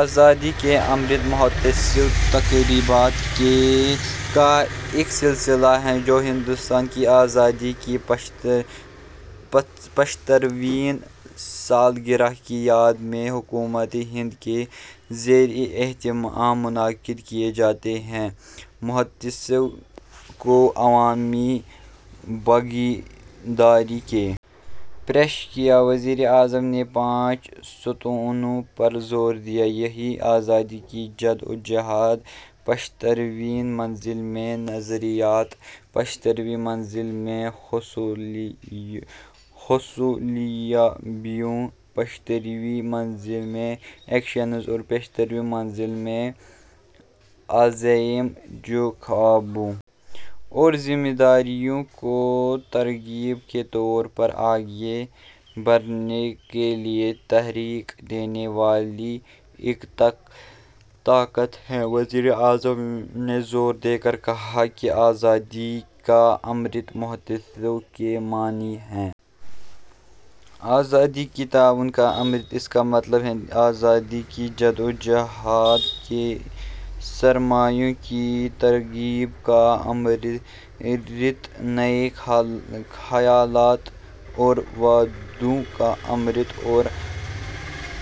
آزادی کا امرت مہوتسو تقریبات کا ایک سلسلہ ہے جو ہندوستان کی آزادی کی پچہترویں سالگرہ کی یاد میں حکومت ہند کے زیر اہتمام منعقد کیا جاتا ہے مہوتسو کو عوامی بھاگیداری کے پیش کیا وزیر اعظم نے پانچ ستونوں پر زور دیا یعنی آزادی کی جدوجہد پچہترویں منزل میں نظریات پچہترویں منزل میں حصولیابیاں پچہترویں منزل میں ایکشنز اور پچہترویں منزل میں عزائم جو خوابوں اور ذمہ داریوں کو ترغیب کے طور پر آگے بڑھنے کے لیے تحریک دینے والی ایک طاقت ہیں وزیر اعظم نے زور دے کر کہا کہ آزادی کا امرت مہوتسو کے معنی ہیں آزادی کی توانائی کا امرت اس کا مطلب ہے آزادی کی جدوجہد کے سورماؤں کی ترغیب کا امرت نئے خیالات اور وعدوں کا امرت اور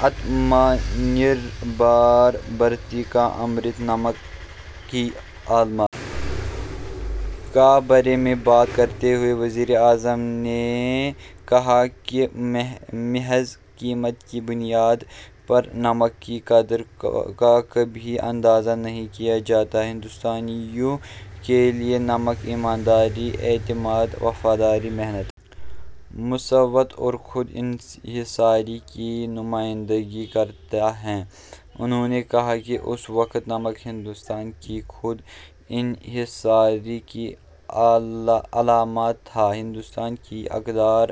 آتم نربھر بھارت کا امرت نمک کی علامت کے بارے میں بات کرتے ہوئے وزیر اعظم نے کہا کہ محض قیمت کی بنیاد پر نمک کی قدر کا کبھی اندازہ نہیں کیا جاتا ہندوستانیوں کے لیے نمک ایمانداری اعتماد وفاداری محنت مساوات اور خود انحصاری کی نمائندگی کرتا ہے انہوں نے کہا کہ اس وقت نمک ہندوستان کی خود انحصاری کی علامت تھا ہندوستان کی اقدار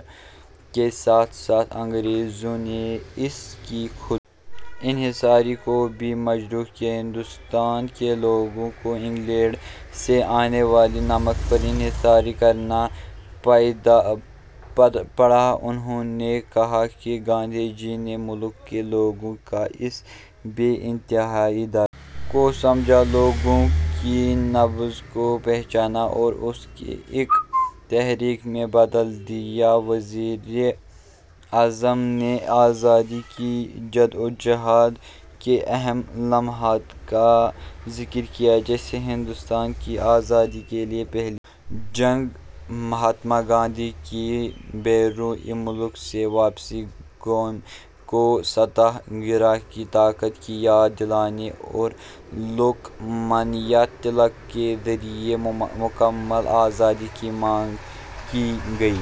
کے ساتھ ساتھ انگریزوں نے اس کی خود انحصاری کو بھی مجروح کیا ہندوستان کے لوگوں کو انگلینڈ سے آنے والے نمک پر انحصار کرنا پڑا انہوں نے کہا کہ گاندھی جی نے ملک کے لوگوں کے اس بے انتہا درد کو سمجھا لوگوں کی نبض کو پہچانا اور اسے ایک تحریک میں بدل دیا وزیر اعظم نے آزادی کی جدوجہد کے اہم لمحات کا ذکر کیا جیسے ہندوستان کی آزادی کے لیے پہلی جنگ مہاتما گاندھی کی بیرون ملک سے واپسی قوم کو ستیہ گرہ کی طاقت کی یاد دلانا اور لوک مانیہ تلک کے ذریعہ مکمل آزادی کی مانگ کی گئی